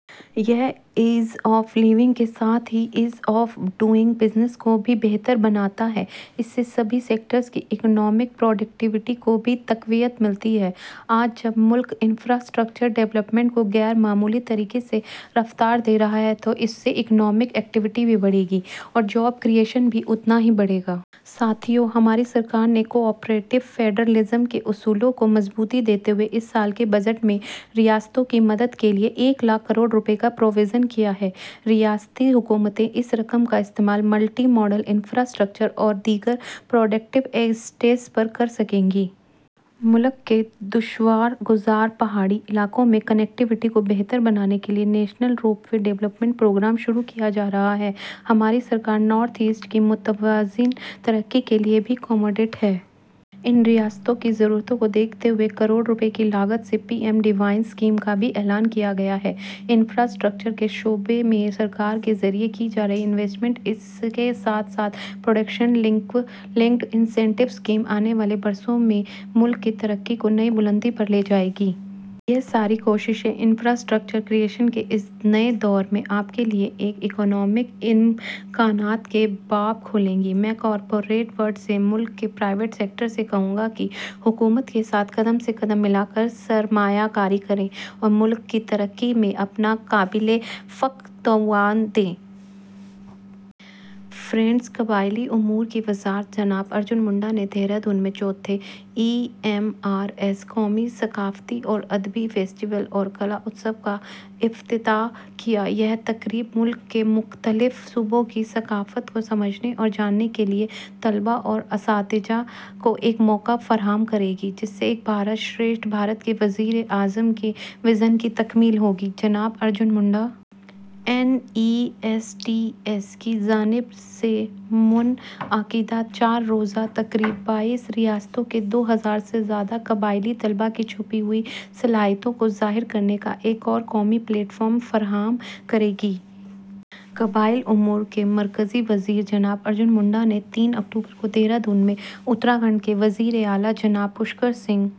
یہ ease of living کے ساتھ ہی ایز آف ڈوئنگ بزنس کو بھی بہتر بناتا ہے۔ اس سے سبھی سیکٹرز کی اکنامک پروڈکٹی ویٹی کو بھی تقویت ملتی ہے۔ آج جب ملک انفرا اسٹرکچر ڈولپمنٹ کو غیر معمولی طریقے سے رفتار دے رہا ہے، تو اس سے اکنامک ایکٹی ویٹی بھی بڑھے گی اور جاب کریئشن بھی اتنا ہی بڑھے گا۔ ساتھیو! ہماری سرکار نے کوآپریٹو فیڈرلزم کے اصول کو مضبوطی دیتے ہوئے اس سال کے بجٹ میں ریاستوں کی مدد کے لیے ایک لاکھ کروڑ روپے کا پروویژن کیا ہے۔ ریاستی حکومتیں اس رقم کا استعمال ملٹی ماڈل انفرا اسٹرکچر اور دیگر پروڈکٹیو ایسیٹس پر کرسکیں گی۔ ملک کے دشوار گزار پہاڑی علاقوں میں کنکٹی ویٹی کو بہتر بنانے کے لیے نیشنل روپ وے ڈولپمنٹ پروگرام شروع کیا جا رہا ہے۔ ہماری سرکار نارتھ ایسٹ کی متوازن ترقی کے لیے بھی کمیٹڈ ہے۔ ان ریاستوں کی ضرورتوں کو دیکھتے ہوئے کروڑ روپے کی لاگت سے پی ایم ڈیوائن اسکیم کا بھی اعلان کیا گیا ہے۔ انفرا اسٹرکچر کے شعبے میں سرکار کے ذریعے کی جا رہی انویسٹمنٹ، اس کے ساتھ ساتھ پروڈکشن لنکڈ انسنٹیو اسکیم، آنے والے برسوں میں ملک کی ترقی کو نئی بلندی پر لے جائے گی۔ یہ ساری کوششیں انفرا اسٹرکچر کریئشن کے اس نئے دور میں آپ کے لیے نئے اکنامک امکانات کے باب کھولیں گی۔ میں کارپوریٹ ورلڈ سے، ملک کے پرائیویٹ سیکٹر سے کہوں گا کہ حکومت کے ساتھ قدم سے قدم ملا کر سرمایہ کاری کریں اور ملک کی ترقی میں اپنا قابلِ فخر تعاون دیں۔ فرینڈس! قبائلی امور کی وزارت جناب ارجن منڈا نے دہرہ دون میں چوتھے ای ایم آر ایس قومی ثقافتی اور ادبی فیسٹیول اور کلا اتسو کا افتتاح کیا۔ یہ تقریب ملک کے مختلف صوبوں کی ثقافت کو سمجھنے اور جاننے کے لیے طلباء اور اساتذہ کو ایک موقع فراہم کرے گی، جس سے ایک بھارت شریشٹھ بھارت کے وزیر اعظم کے وژن کی تکمیل ہوگی: جناب Arjun Munda. N E S T S کی جانب سے منعقدہ چار روزہ تقریب بائیس ریاستوں کے دو ہزار سے زائد قبائلی طلباء کی چھپی ہوئی صلاحیتوں کو ظاہر کرنے کا ایک قومی پلیٹ فارم فراہم کرے گی۔ قبائلی امور کے مرکزی وزیر جناب ارجن منڈا نے تین اکتوبر کو دہرہ دون میں اتراکھنڈ کے وزیراعلیٰ جناب پشکر سنگھ...